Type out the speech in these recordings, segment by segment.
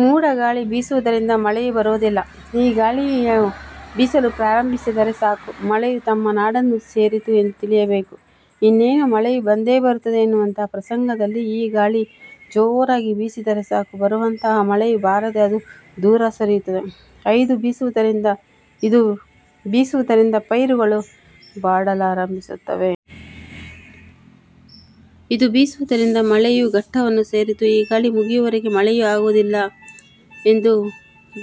ಮೂಡಗಾಳಿ ಬೀಸುವುದರಿಂದ ಮಳೆಯು ಬರುವುದಿಲ್ಲ. ಈ ಗಾಳಿಯು ಬೀಸಲು ಪ್ರಾರಂಭಿಸಿದರೆ ಸಾಕು ಮಳೆಯು ತಮ್ಮ ನಾಡನ್ನು ಸೇರಿತು ಎಂದು ತಿಳಿಯಬೇಕು. ಇನ್ನೇನು ಮಳೆಯು ಬಂದೇ ಬರುತ್ತದೆ ಎನ್ನುವಂತಹ ಪ್ರಸಂಗದಲ್ಲಿ ಈ ಗಾಳಿ ಜೋರಾಗಿ ಬೀಸಿದರೆ ಸಾಕು ಬರುವಂತಹ ಮಳೆಯು ಬಾರದೆ ಅದು ದೂರ ಸರಿಯುತ್ತದೆ. ಇದು ಬೀಸುವುದರಿಂದ ಪೈರುಗಳು ಬಾಡಲಾರಂಭಿಸುತ್ತವೆ. ಇದು ಬೀಸುವುದರಿಂದ ಮಳೆಯು ಘಟ್ಟವನ್ನು ಸೇರಿತು; ಈ ಗಾಳಿ ಮುಗಿಯುವವರೆಗೆ ಮಳೆಯು ಆಗುವುದಿಲ್ಲ ಎಂದು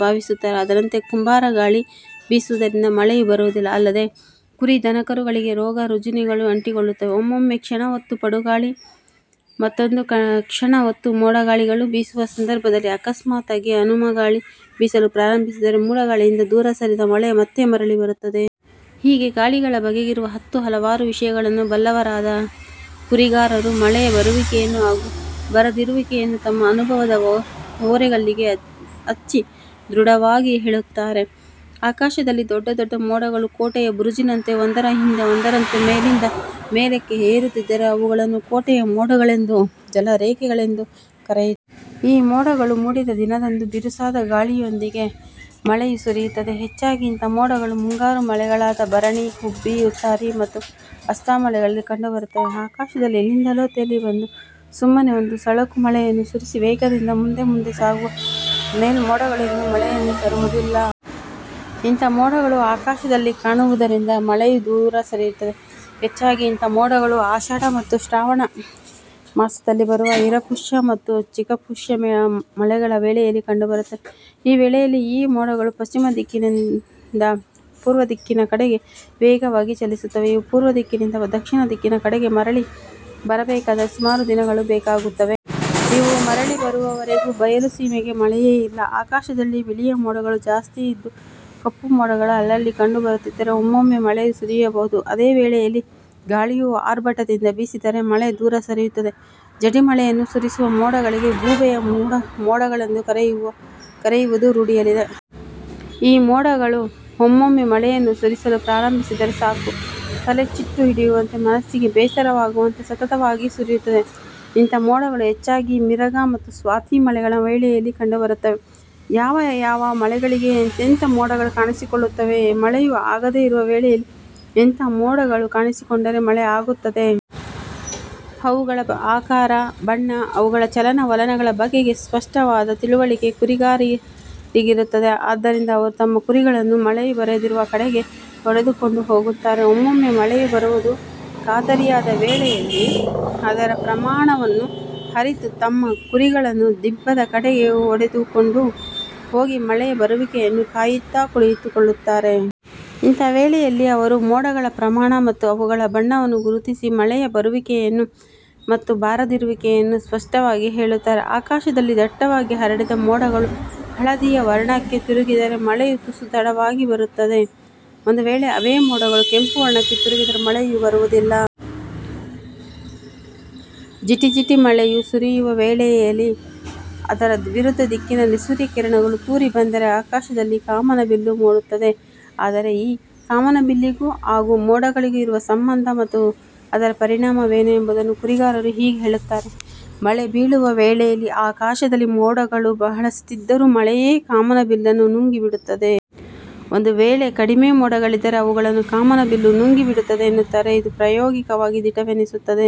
ಬಾವಿಸುತ್ತಾರೆ. ಅದರಂತೆ ಕುಂಬಾರಗಾಳಿ ಬೀಸುವುದರಿಂದ ಮಳೆಯು ಬರುವುದಿಲ್ಲ ಅಲ್ಲದೆ ಕುರಿ-ದನಕರುಗಳಿಗೆ ರೋಗರುಜಿನಗಳು ಅಂಟಿಕೊಳ್ಳುತ್ತವೆ. ಒಮ್ಮೊಮ್ಮೆ ಕ್ಷಣ ಹೊತ್ತು ಪಡುಗಾಳಿ ಮತ್ತೊಂದು ಕ್ಷಣ ಹೊತ್ತು ಮೋಡಗಾಳಿಗಳು ಬೀಸುವ ಸಂದರ್ಭದಲ್ಲಿ ಅಕಸ್ಮಾತಾಗಿ ಹನುಮಗಾಳಿ ಬೀಸಲು ಪ್ರಾರಂಬಿಸಿದರೆ ಮೂಡಗಾಳಿಯಿಂದ ದೂರ ಸರಿದ ಮಳೆಯು ಮತ್ತೆ ಮರಳಿ ಬರುತ್ತದೆ. ಹೀಗೆ ಗಾಳಿಗಳ ಬಗೆಗಿರುವ ಹತ್ತು ಹಲವಾರು ವಿಷಯಗಳನ್ನು ಬಲ್ಲವರಾದ ಕುರಿಗಾರರು ಮಳೆಯ ಬರುವಿಕೆಯನ್ನು ಹಾಗೂ ಬಾರದಿರುವಿಕೆಯನ್ನು ತಮ್ಮ ಅನುಭವದ ಒರೆಗಲ್ಲಿಗೆ ಹಚ್ಚಿ ದೃಢವಾಗಿ ಹೇಳುತ್ತಾರೆ. ಆಕಾಶದಲ್ಲಿ ದೊಡ್ಡ ದೊಡ್ಡ ಮೋಡಗಳು ಕೋಟೆಯ ಬುರುಜಿನಂತೆ ಒಂದರ ಹಿಂದೆ ಒಂದರಂತೆ ಮೇಲಿಂದ ಮೇಲಕ್ಕೆ ಏರುತ್ತಿದ್ದರೆ ಅವುಗಳನ್ನು ಕೋಟೆಯ ಮೋಡಗಳೆಂದು, ಜಲರೇಖೆಗಳೆಂದು ಕರೆಯುತ್ತಾರೆ. ಈ ಮೋಡಗಳು ಮೂಡಿದ ದಿನದಂದು ಬಿರುಸಾದ ಗಾಳಿಯೊಂದಿಗೆ ಮಳೆಯು ಸುರಿಯುತ್ತದೆ. ಹೆಚ್ಚಾಗಿ ಇಂಥ ಮೋಡಗಳು ಮುಂಗಾರು ಮಳೆಗಳಾದ ಭರಣಿ, ಹುಬ್ಬಿ, ಉತ್ತರಿ ಮತ್ತು ಹಸ್ತಾ ಮಳೆಗಳಲ್ಲಿ ಕಂಡು ಬರುತ್ತವೆ. ಆಕಾಶದಲ್ಲಿ ಎಲ್ಲಿಂದಲೋ ತೇಲಿ ಬಂದು ಸುಮ್ಮನೆ ಒಂದು ಸಳಕು ಮಳೆಯನ್ನು ಸುರಿಸಿ ವೇಗದಿಂದ ಮುಂದೆ ಮುಂದೆ ಸಾಗುವ ಮೇಲ್ಮೋಡಗಳು ಎಂದೂ ಮಳೆಯನ್ನು ತರುವುದಿಲ್ಲ. ಇಂಥ ಮೋಡಗಳು ಆಕಾಶದಲ್ಲಿ ಕಾಣುವುದರಿಂದ ಮಳೆಯು ದೂರ ಸರಿಯುತ್ತದೆ. ಹೆಚ್ಚಾಗಿ ಇಂಥ ಮೋಡಗಳು ಆಷಾಢ ಮತ್ತು ಶ್ರಾವಣ ಮಾಸದಲ್ಲಿ ಬರುವ ಹಿರಪುಷ್ಯ ಮತ್ತು ಚಿಕಪುಷ್ಯ ಮಳೆಗಳ ವೇಳೆಯಲ್ಲಿ ಕಂಡುಬರುತ್ತವೆ. ಈ ವೇಳೆಯಲ್ಲಿ ಈ ಮೋಡಗಳು ಪಶ್ಚಿಮ ದಿಕ್ಕಿನೆಂದ ಪೂರ್ವದಿಕ್ಕಿನ ಕಡೆಗೆ ವೇಗವಾಗಿ ಚಲಿಸುತ್ತವೆ. ಇವು ಪೂರ್ವ ದಿಕ್ಕಿನಿಂದ ದಶ್ಚಿಮ ದಿಕ್ಕಿನ ಕಡೆಗೆ ಮರಳಿ ಬರಬೇಕಾದರೆ ಸುಮಾರು ದಿನಗಳು ಬೇಕಾಗುತ್ತವೆ. ಇವು ಮರಳಿ ಬರುವವರೆಗೂ ಬಯಲು ಸೀಮೆಗೆ ಮಳೆಯೇ ಇಲ್ಲ. ಆಕಾಶದಲ್ಲಿ ಬಿಳಿಯ ಮೋಡಗಳು ಜಾಸ್ತಿ ಇದ್ದು ಕಪ್ಪು ಮೋಡಗಳು ಅಲ್ಲಲ್ಲಿ ಕಂಡು ಬರುತ್ತಿದ್ದರೆ ಒಮ್ಮೊಮ್ಮೆ ಮಳೆಯು ಸುರಿಯಬಹುದು. ಅದೇ ವೇಳೆಯಲ್ಲಿ ಗಾಳಿಯು ಆರ್ಭಟದಿಂದ ಬೀಸಿದರೆ ಮಳೆ ದೂರ ಸರಿಯುತ್ತದೆ. ಜಡಿಮಳೆಯನ್ನು ಸುರಿಸುವ ಮೋಡಗಳಿಗೆ ಗೂಬೆಯ ಮೋಡಗಳೆಂದು ಕರೆಯುವುದು ರೂಢಿಯಲ್ಲಿದೆ. ಈ ಮೋಡಗಳು ಒಮ್ಮೊಮ್ಮೆ ಮಳೆಯನ್ನು ಸುರಿಸಲು ಪ್ರಾರಂಭಿಸಿದರೆ ಸಾಕು ತೆಲೆ ಚಿಟ್ಟು ಹಿಡಿಯುವಂತೆ ಮನಸ್ಸಿಗೆ ಬೇಸರವಾಗುವಂತೆ ಸತತವಾಗಿ ಸುರಿಯುತ್ತದೆ. ಇಂಥ ಮೋಡಗಳು ಹೆಚ್ಚಾಗಿ ಮಿರಗ ಮತ್ತು ಸ್ವಾತಿ ಮಳೆಗಳ ವೇಳೆಯಲ್ಲಿ ಕಂಡುಬರುತ್ತವೆ. ಯಾವ ಯಾವ ಮಳೆಗಳಿಗೆ ಎಂತೆಂಥ ಮೋಡಗಳು ಕಾಣಿಸಿಕೊಳ್ಳುತ್ತವೆ. ಮಳೆಯು ಆಗದೆ ಇರುವ ವೇಳೆಯಲ್ಲಿ ಎಂಥ ಮೋಡಗಳು ಕಾಣಿಸಿಕೊಂಡರೆ ಮಳೆ ಆಗುತ್ತದೆ. ಅವುಗಳ ಆಕಾರ, ಬಣ್ಣ, ಅವುಗಳ ಚಲನವಲನಗಳ ಬಗೆಗೆ ಸ್ಪಷ್ಟವಾದ ತಿಳುವಳಿಕೆ ಕುರಿಗಾರರಿಗಿರುತ್ತದೆ. ಆದ್ದರಿಂದ ಅವರು ತಮ್ಮ ಕುರಿಗಳನ್ನು ಮಳೆಯು ಬರದಿರುವ ಕಡೆಗೆ ಹೊಡೆದುಕೊಂಡು ಹೋಗುತ್ತಾರೆ. ಒಮ್ಮೊಮ್ಮೆ ಮಳೆಯು ಬರುವುದು ಕಾತರಿಯಾದ ವೇಳೆಯಲ್ಲಿ ಅದರ ಪ್ರಮಾಣವನ್ನು ಅರಿತು ತಮ್ಮ ಕುರಿಗಳನ್ನು ದಿಬ್ಬದ ಕಡೆಗೆ ಹೊಡಿದುಕೊಂಡು ಹೋಗಿ ಮಳೆಯ ಬರುವಿಕೆಯನ್ನು ಕಾಯುತ್ತ ಕುಳಿತುಕೊಳ್ಳುತ್ತಾರೆ. ಇಂಥ ವೇಳೆಯಲ್ಲಿ ಅವರು ಮೋಡಗಳ ಪ್ರಮಾಣ ಮತ್ತು ಅವುಗಳ ಬಣ್ಣವನ್ನು ಗುರುತಿಸಿ ಮಳೆಯ ಬರುವಿಕೆಯನ್ನು ಮತ್ತು ಬಾರದಿರುವಿಕೆಯನ್ನು ಸ್ಪಷ್ಟವಾಗಿ ಹೇಳುತ್ತಾರೆ. ಆಕಾಶದಲ್ಲಿ ದಟ್ಟವಾಗಿ ಹರಡಿದ ಮೋಡಗಳು ಹಳದಿಯ ವರ್ಣಕ್ಕೆ ತಿರುಗಿದರೆ ಮಳೆಯು ತುಸು ತಡವಾಗಿ ಬರುತ್ತದೆ. ಒಂದು ವೇಳೆ ಅವೆ ಮೋಡಗಳು ಕೆಂಪು ವರ್ಣಕ್ಕೆ ತಿರುಗಿದರೆ ಮಳೆಯು ಬರುವುದಿಲ್ಲ. ಜಿಟಿ-ಜಿಟಿ ಮಳೆಯು ಸುರಿಯುವ ವೇಳೆಯಲ್ಲಿ ಅದರ ವಿರುದ್ಧ ದಿಕ್ಕಿನಲ್ಲಿ ಸೂರ್ಯ ಕಿರಣಗಳು ತೂರಿ ಬಂದರೆ ಆಕಾಶದಲ್ಲಿ ಕಾಮನಬಿಲ್ಲು ಮೂಡುತ್ತದೆ. ಆದರೆ ಈ ಕಾಮನಬಿಲ್ಲಿಗೂ ಹಾಗೂ ಮೋಡಗಳಿಗೂ ಇರುವ ಸಂಬಂಧ ಮತ್ತು ಅದರ ಪರಿಣಾಮವೇನು? ಎಂಬುದನ್ನು ಕುರಿಗಾರರು ಹೀಗೆ ಹೇಳುತ್ತಾರೆ. 'ಮಳೆ ಬೀಳುವ ವೇಳೆಯಲ್ಲಿ ಆಕಾಶದಲ್ಲಿ ಮೋಡಗಳು ಬಹಳಷ್ಟಿದ್ದರೂ ಮಳೆಯೇ ಕಾಮನಬಿಲ್ಲನ್ನು ನುಂಗಿ ಬಿಡುತ್ತದೆ. ಒಂದು ವೇಳೆ ಕಡಿಮೆ ಮೋಡಗಳಿದ್ದರೆ ಅವುಗಳನ್ನು ಕಾಮನಬಿಲ್ಲು ನುಂಗಿ ಬಿಡುತ್ತದೆ' ಎನ್ನುತ್ತಾರೆ. ಇದು ಪ್ರಾಯೋಗಿಕವಾಗಿ ದಿಟವೆನಿಸುತ್ತದೆ.